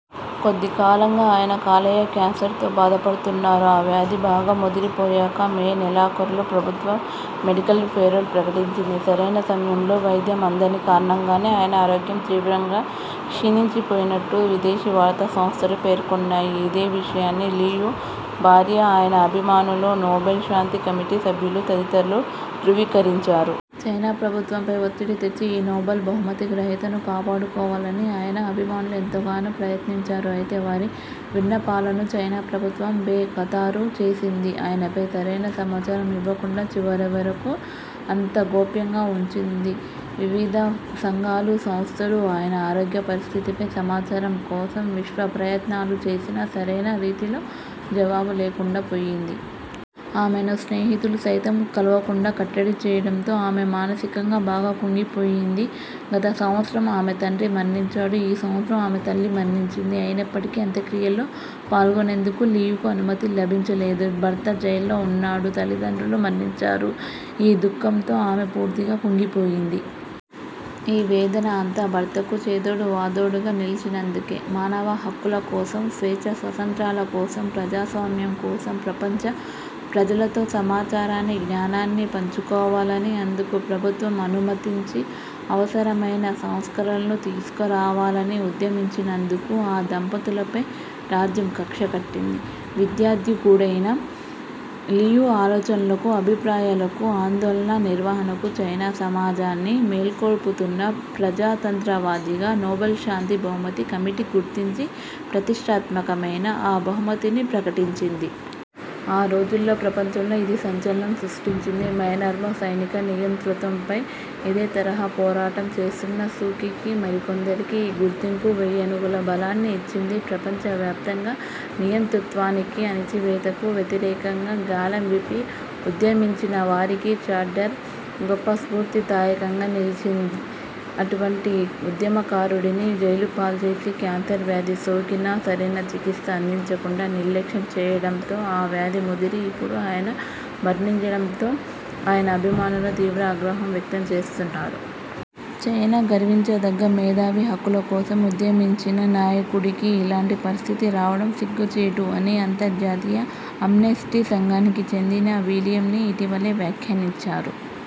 కొద్దికాలంగా ఆయన కాలేయ క్యాన్సర్తో బాధపడుతున్నారు. ఆ వ్యాధి బాగా ముదిరిపోయాక మే నెలాఖరులో ప్రభుత్వం మెడికల్ పేరోల్ ప్రకటించింది. సరైన సమయంలో వైద్యం అందని కారణంగానే ఆయన ఆరోగ్యం తీవ్రంగా క్షీణించిపోయినట్టు విదేశీ వార్తాసంస్థలు పేర్కొన్నాయి. ఇదే విషయాన్ని లియు భార్య, ఆయన అభిమానులు, నోబెల్ శాంతి కమిటీ సభ్యులు తదితరులు ధ్రువీకరించారు. చైనా ప్రభుత్వంపై ఒత్తిడి తెచ్చి ఈ నోబెల్ బహుమతి గ్రహీతను కాపాడుకోవాలని ఆయన అభిమానులు ఎంతగానో ప్రయత్నించారు. అయితే, వారి విన్నపాలను చైనా ప్రభుత్వం బేఖాతరు చేసింది. ఆయనపై సరైన సమాచారం ఇవ్వకుండా చివరివరకూ అంతా గోప్యంగా ఉంచింది. వివిధ సంఘాలు–సంస్థలు ఆయన ఆరోగ్యపరిస్థితిపై సమాచారం కోసం విశ్వప్రయత్నాలు చేసినా సరైన రీతిలో జవాబు లేకుండాపోయింది. ఆమెను స్నేహితులు సైతం కలువకుండా కట్టడి చేయడంతో ఆమె మానసికంగా బాగా కుంగిపోయింది. గత సంవత్సరం ఆమె తండ్రి మరణించాడు. ఈ సంవత్సరం ఆమె తల్లి మరణించింది. అయినప్పటికీ అంత్యక్రియల్లో పాల్గొనేందుకు లియుకు అనుమతి లభించలేదు. భర్త జైల్లో ఉన్నాడు, తల్లిదండ్రులు మరణించారు. ఈ దుఃఖంతో ఆమె పూర్తిగా కుంగిపోయింది. ఈ వేదన అంతా భర్తకు చేదోడువాదోడుగా నిలిచినందుకే. మానవ హక్కులకోసం, స్వేచ్ఛస్వాతంత్ర్యాల కోసం, ప్రజాస్వామ్యం కోసం, ప్రపంచ ప్రజలతో సమాచారాన్ని, జ్ఞానాన్ని పంచుకోవాలని, అందుకు ప్రభుత్వం అనుమతించి అవసరమైన సంస్కరణలు తీసుకురావాలని ఉద్యమించినందుకు ఆ దంపతులపై 'రాజ్యం' కక్షగట్టింది. విద్యాధికుడైన లియు ఆలోచనలకు, అభిప్రాయాలకు, ఆందోళన నిర్వహణకు, చైనా సమాజాన్ని మేల్కొల్పుతున్న ప్రజాతంత్రవాదిగా నోబెల్శాంతి బహుమతి కమిటీ గుర్తించి ప్రతిష్ఠాత్మకమైన ఆ బహుమతిని ప్రకటించింది. ఆ రోజుల్లో ప్రపంచంలో ఇది సంచలనం సృష్టించింది. మైన్మార్లో సైనిక నియంతృత్వంపై ఇదే తరహా పోరాటం చేస్తున్న సూకీకి మరికొందరికి ఈ గుర్తింపు వెయ్యేనుగుల బలాన్ని ఇచ్చింది. ప్రపంచవ్యాప్తంగా నియంతృత్వానికి, అణచివేతకు వ్యతిరేకంగా గళం విప్పి ఉద్యమించినవారికి 'చార్టర్ ' గొప్ప స్ఫూర్తిదాయకంగా నిలిచింది. అటువంటి ఉద్యమకారుడిని జైలుపాల్జేసి, క్యాన్సర్ వ్యాధి సోకినా సరైన చికిత్స అందించకుండా నిర్లక్ష్యం చేయడంతో ఆ వ్యాధి ముదిరి, ఇప్పుడు ఆయన మరణించడంతో ఆయన అభిమానులు తీవ్ర ఆగ్రహం వ్యక్తం చేస్తున్నారు. చైనా గర్వించదగ్గ మేధావి, హక్కులకోసం ఉద్యమించిన నాయకుడికి ఇలాంటి పరిస్థితి రావడం సిగ్గుచేటు అని అంతర్జాతీయ ఆమ్నెస్టీ సంఘానికి చెందిన విలియంనీ ఇటీవలే వ్యాఖ్యానించారు.